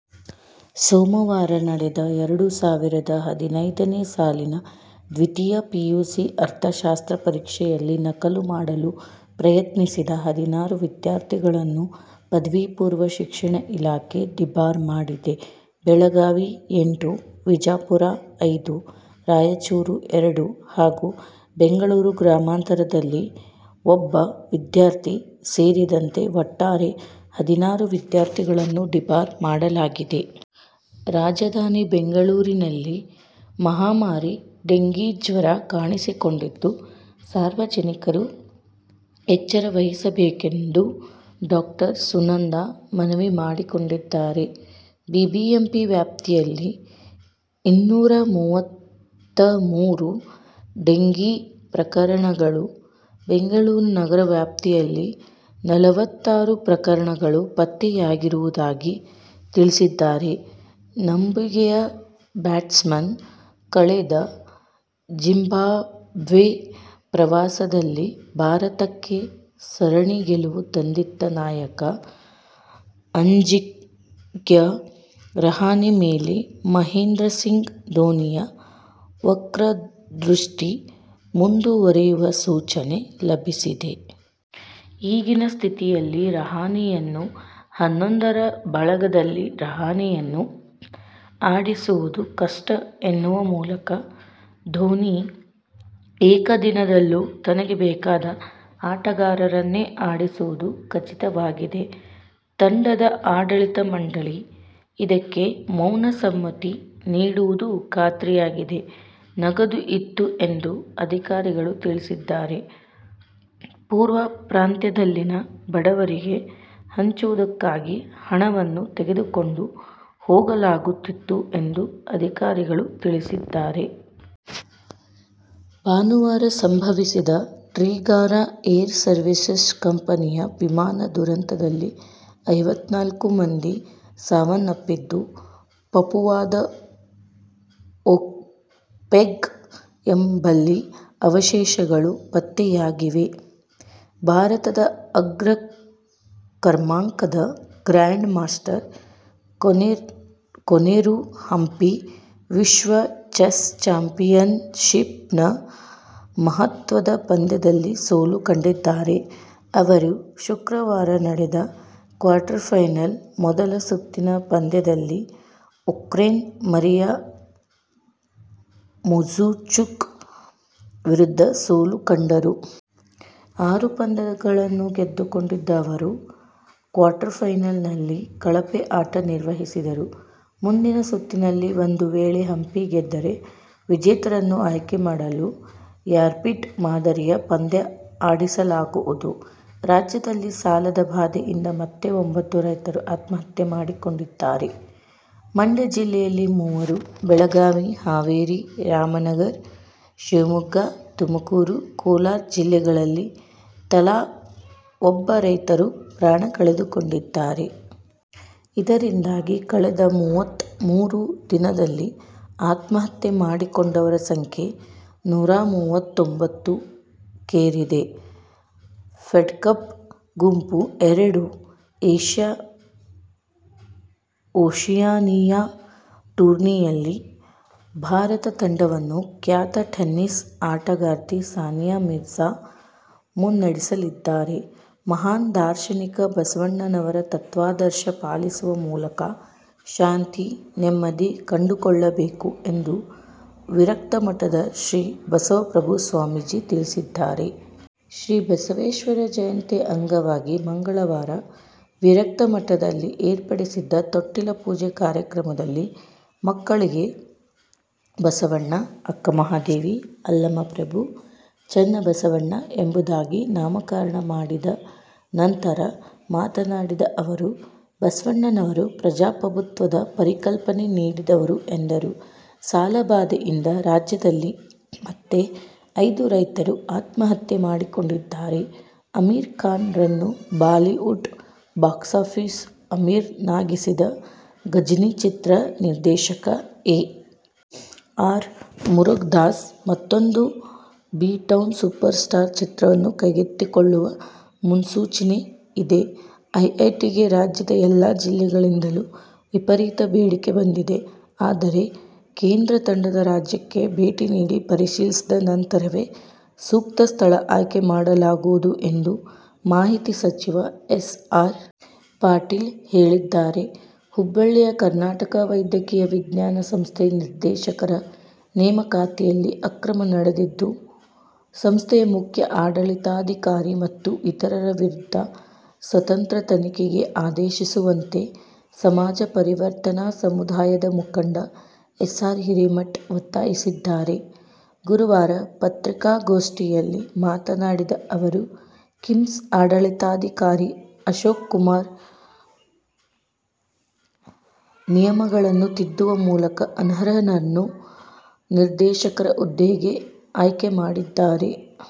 ಸೋಮವಾರ ನಡೆದ ಎರಡು ಸಾವಿರದ ಹದಿನೈದನೇ ಸಾಲಿನ ದ್ವಿತೀಯ ಪಿಯುಸಿ ಅರ್ಥಶಾಸ್ತ್ರ ಪರೀಕ್ಷೆಯಲ್ಲಿ ನಕಲು ಮಾಡಲು ಪ್ರಯತ್ನಿಸಿದ ಹದಿನಾರು ವಿದ್ಯಾರ್ಥಿಗಳನ್ನು ಪದವಿ ಪೂರ್ವ ಶಿಕ್ಷಣ ಇಲಾಖೆ ಡಿಬಾರ್ ಮಾಡಿದೆ. ಬೆಳಗಾವಿ- ಎಂಟು, ವಿಜಾಪುರ- ಐದು, ರಾಯಚೂರು- ಎರಡು ಹಾಗೂ ಬೆಂಗಳೂರು ಗ್ರಾಮಾಂತರದಲ್ಲಿ ಒಬ್ಬ ವಿದ್ಯಾರ್ಥಿ ಸೇರಿದಂತೆ ಒಟ್ಟಾರೆ ಹದಿನಾರು ವಿದ್ಯಾರ್ಥಿಗಳನ್ನು ಡಿಬಾರ್ ಮಾಡಲಾಗಿದೆ. ರಾಜಧಾನಿ ಬೆಂಗಳೂರಿನಲ್ಲಿ ಮಹಾಮಾರಿ ಡೇಂಘಿ ಜ್ವರ ಕಾಣಿಸಿಕೊಂಡಿದ್ದು, ಸಾರ್ವಜನಿಕರು ಎಚ್ಚರ ವಹಿಸಬೇಕೆಂದು ಡಾ. ಸುನಂದಾ ಮನವಿ ಮಾಡಿಕೊಂಡಿದ್ದಾರೆ. ಬಿಬಿಎಂಪಿ ವ್ಯಾಪ್ತಿಯಲ್ಲಿ ಇನ್ನೂರ ಮೂವತ್ತಮೂರು ಡೇಂಘೀ ಪ್ರಕರಣಗಳು, ಬೆಂಗಳೂರು ನಗರ ವ್ಯಾಪ್ತಿಯಲ್ಲಿ ನಲವತ್ತಾರು ಪ್ರಕರಣಗಳು ಪತ್ತೆಯಾಗಿರುವುದಾಗಿ ತಿಳಿಸಿದ್ದಾರೆ. ನಂಬುಗೆಯ ಬ್ಯಾಟ್ಸ್ಮನ್, ಕಳೆದ ಜಿಂಬಾಬ್ವೆ ಪ್ರವಾಸದಲ್ಲಿ ಭಾರತಕ್ಕೆ ಸರಣಿ ಗೆಲುವು ತಂದಿತ್ತ ನಾಯಕ ಅಜಿಂಕ್ಯ ರಹಾನೆ ಮೇಲೆ ಮಹೇಂದ್ರ ಸಿಂಗ್ ಧೋನಿಯ ವಕ್ರದೃಷ್ಟಿ ಮುಂದುವರಿಯುವ ಸೂಚನೆ ಲಭಿಸಿದೆ. ಈಗಿನ ಸ್ಥಿತಿಯಲ್ಲಿ ರಹಾನೆಯನ್ನು ಹನ್ನೊಂದರ ಬಳಗದಲ್ಲಿ ರಹಾನೆಯನ್ನು ಆಡಿಸುವುದು ಕಷ್ಟ ಎನ್ನುವ ಮೂಲಕ ಧೋನಿ ಏಕದಿನದಲ್ಲೂ ತನಗೆ ಬೇಕಾದ ಆಟಗಾರರನ್ನೇ ಆಡಿಸುವುದು ಖಚಿತವಾಗಿದೆ. ತಂಡದ ಆಡಳಿತ ಮಂಡಳಿ ಇದಕ್ಕೆ ಮೌನ ಸಮ್ಮತಿ ನೀಡುವುದೂ ಖಾತ್ರಿಯಾಗಿದೆ. ನಗದು ಇತ್ತು ಎಂದು ಅಧಿಕಾರಿಗಳು ತಿಳಿಸಿದ್ದಾರೆ. ಪೂರ್ವ ಪಾಂತ್ರ್ಯದಲ್ಲಿನ ಬಡವರಿಗೆ ಹಂಚುವುದಕ್ಕಾಗಿ ಹಣವನ್ನು ತೆಗೆದುಕೊಂಡು ಹೋಗಲಾಗುತ್ತಿತ್ತು ಎಂದು ಅಧಿಕಾರಿಗಳು ತಿಳಿಸಿದ್ದಾರೆ. ಭಾನುವಾರ ಸಂಭವಿಸಿದ ಟ್ರಿಗಾರಾ ಏರ್ ಸರ್ವೀಸಸ್ ಕಂಪನಿಯ ವಿಮಾನ ದುರಂತದಲ್ಲಿ ಐವತ್ತನಾಲ್ಕು ಮಂದಿ ಸಾವನ್ನಪ್ಪಿದ್ದು, ಪಪುವಾದ ಓಕ್ಬೇಪ್ ಎಂಬಲ್ಲಿ ಅವಶೇಷಗಳು ಪತ್ತೆಯಾಗಿವೆ. ಭಾರತದ ಅಗ್ರ ಕ್ರಮಾಂಕದ ಗ್ರ್ಯಾಂಡ್ ಮಾಸ್ಟರ್ ಕೊನೆರು ಹಂಪಿ ವಿಶ್ವ ಚೆಸ್ ಚಾಂಪಿಯನ್ಶಿಪ್ನ ಮಹತ್ವದ ಪಂದ್ಯದಲ್ಲಿ ಸೋಲು ಕಂಡಿದ್ದಾರೆ. ಅವರು ಶುಕ್ರವಾರ ನಡೆದ ಕ್ವಾರ್ಟರ್ ಫೈನಲ್ನ ಮೊದಲ ಸುತ್ತಿನ ಪಂದ್ಯದಲ್ಲಿ ಉಕ್ರೇನ್ನ ಮರಿಯಾ ಮುಜಿಚುಕ್ ವಿರುದ್ಧ ಸೋಲು ಕಂಡರು. ಆರು ಪಂದ್ಯಗಳನ್ನು ಗೆದ್ದುಕೊಂಡಿದ್ದ ಅವರು ಕ್ವಾರ್ಟರ್ಫೈನಲ್ನಲ್ಲಿ ಕಳಪೆ ಆಟ ನಿರ್ವಹಿಸಿದರು. ಮುಂದಿನ ಸುತ್ತಿನಲ್ಲಿ ಒಂದು ವೇಳೆ ಹಂಪಿ ಗೆದ್ದರೆ, ವಿಜೇತರನ್ನು ಆಯ್ಕೆ ಮಾಡಲು, ರ್ಯಾಪಿಡ್ ಮಾದರಿಯ ಪಂದ್ಯ ಆಡಿಸಲಾಗುವುದು. ರಾಜ್ಯದಲ್ಲಿ ಸಾಲದ ಬಾಧೆಯಿಂದ ಮತ್ತೆ ಒಂಬತ್ತು ರೈತರು ಆತ್ಮಹತ್ಯೆ ಮಾಡಿಕೊಂಡಿದ್ದಾರೆ. ಮಂಡ್ಯ ಜಿಲ್ಲೆಯಲ್ಲಿ ಮೂವರು, ಬೆಳಗಾವಿ, ಹಾವೇರಿ, ರಾಮನಗರ, ಶಿವಮೊಗ್ಗ, ತುಮಕೂರು, ಕೋಲಾರ ಜಿಲ್ಲೆಗಳಲ್ಲಿ ತಲಾ ಒಬ್ಬ ರೈತರು ಪ್ರಾಣ ಕಳೆದುಕೊಂಡಿದ್ದಾರೆ. ಇದರಿಂದಾಗಿ ಕಳೆದ ಮೂವತ್ತಮೂರು ದಿನದಲ್ಲಿ ಆತ್ಮಹತ್ಯೆ ಮಾಡಿಕೊಂಡವರ ಸಂಖ್ಯೆ ನೂರಾಮೂವತ್ತೊಂಬ್ಬತ್ತು ಕ್ಕೇರಿದೆ. ಫೆಡ್ಕಪ್ ಗುಂಪು ಎರಡು ಏಶ್ಯಾ-ಒಶಿಯಾನಿಯಾ ಟೂರ್ನಿಯಲ್ಲಿ ಭಾರತ ತಂಡವನ್ನು ಖ್ಯಾತ ಟೆನ್ನಿಸ್ ಆಟಗಾರ್ತಿ ಸಾನಿಯಾ ಮಿರ್ಜಾ ಮುನ್ನಡೆಸಲಿದ್ದಾರೆ. ಮಹಾನ್ ದಾರ್ಶನಿಕ ಬಸವಣ್ಣನವರ ತತ್ವಾದರ್ಶ ಪಾಲಿಸುವ ಮೂಲಕ ಶಾಂತಿ, ನೆಮ್ಮದಿ ಕಂಡುಕೊಳ್ಳಬೇಕು ಎಂದು ವಿರಕ್ತ ಮಠದ ಶ್ರೀ ಬಸವಪ್ರಭು ಸ್ವಾಮೀಜಿ ತಿಳಿಸಿದ್ದಾರೆ. ಶ್ರೀ ಬಸವೇಶ್ವರ ಜಯಂತಿ ಅಂಗವಾಗಿ ಮಂಗಳವಾರ ವಿರಕ್ತ ಮಠದಲ್ಲಿ ಏರ್ಪಡಿಸಿದ್ದ ತೊಟ್ಟಿಲ ಪೂಜೆ ಕಾರ್ಯಕ್ರಮದಲ್ಲಿ ಮಕ್ಕಳಿಗೆ ಬಸವಣ್ಣ, ಅಕ್ಕಮಹಾದೇವಿ, ಅಲ್ಲಮಪ್ರಭು, ಚನ್ನಬಸವಣ್ಣ ಎಂಬುದಾಗಿ ನಾಮಕರಣ ಮಾಡಿದ ನಂತರ ಮಾತನಾಡಿದ ಅವರು, ಬಸವಣ್ಣನವರು ಪ್ರಜಾಪ್ರಭುತ್ವದಪರಿಕಲ್ಪನೆ ನೀಡಿದವರು ಎಂದರು. ಸಾಲಬಾಧೆಯಿಂದ ರಾಜ್ಯದಲ್ಲಿ ಮತ್ತೆ ಐದು ರೈತರು ಆತ್ಮಹತ್ಯೆ ಮಾಡಿಕೊಂಡಿದ್ದಾರೆ. ಅಮೀರ್ ಖಾನ್'ರನ್ನು ಬಾಲಿವುಡ್ ಬಾಕ್ಸಾಫೀಸ್ ಅಮೀರನಾಗಿಸಿದ ಘಜನಿ ಚಿತ್ರ ನಿರ್ದೇಶಕ ಎ. ಆರ್. ಮುರುಗದಾಸ್ ಮತ್ತೊಂದು ಬಿಟೌನ್ ಸೂಪರ್ ಸ್ಟಾರ್ ಚಿತ್ರವನ್ನು ಕೈಗೆತ್ತಿಕೊಳ್ಳುವ ಮುನ್ಸೂಚನೆಯಿದೆ. ಐಐಟಿಗೆ ರಾಜ್ಯದ ಎಲ್ಲಾ ಜಿಲ್ಲೆಗಳಿಂದಲೂ ವಿಪರೀತ ಬೇಡಿಕೆ ಬಂದಿದೆ. ಆದರೆ, ಕೇಂದ್ರ ತಂಡ ರಾಜ್ಯಕ್ಕೆ ಭೇಟಿ ನೀಡಿ ಪರಿಶೀಲಿಸಿದ ನಂತರವೇ ಸೂಕ್ತ ಸ್ಥಳ ಆಯ್ಕೆ ಮಾಡಲಾಗುವುದು ಎಂದು ಮಾಹಿತಿ, ಸಚಿವ ಎಸ್. ಆರ್. ಪಾಟೀಲ್ ಹೇಳಿದ್ದಾರೆ. ಹುಬ್ಬಳ್ಳಿಯ ಕರ್ನಾಟಕ ವೈದ್ಯಕೀಯ ವಿಜ್ಞಾನ ಸಂಸ್ಥೆ ನಿರ್ದೇಶಕರ ನೇಮಕಾತಿಯಲ್ಲಿ ಅಕ್ರಮ ನಡೆದಿದ್ದು, ಸಂಸ್ಥೆಯ ಮುಖ್ಯ ಆಡಳಿತಾಧಿಕಾರಿ ಮತ್ತು ಇತರರ ವಿರುದ್ಧ ಸ್ವತಂತ್ರ ತನಿಖೆಗೆ ಆದೇಶಿಸುವಂತೆ ಸಮಾಜ ಪರಿವರ್ತನಾ ಸಮುದಾಯದ ಮುಖಂಡ ಎಸ್. ಆರ್. ಹಿರೇಮಠ ಒತ್ತಾಯಿಸಿದ್ದಾರೆ. ಗುರುವಾರ ಪತ್ರಿಕಾಗೋಷ್ಠಿಯಲ್ಲಿ ಮಾತನಾಡಿದ ಅವರು, ಕಿಮ್ಸ್ ಆಡಳಿತಾಧಿಕಾರಿ ಅಶೋಕ್ಕುಮಾರ್ ನಿಯಮಗಳನ್ನು ತಿದ್ದುವ ಮೂಲಕ ಅನರ್ಹರನ್ನು ನಿರ್ದೇಶಕರ ಹುದ್ದೆಗೆ ಆಯ್ಕೆ ಮಾಡಿದ್ದಾರೆ.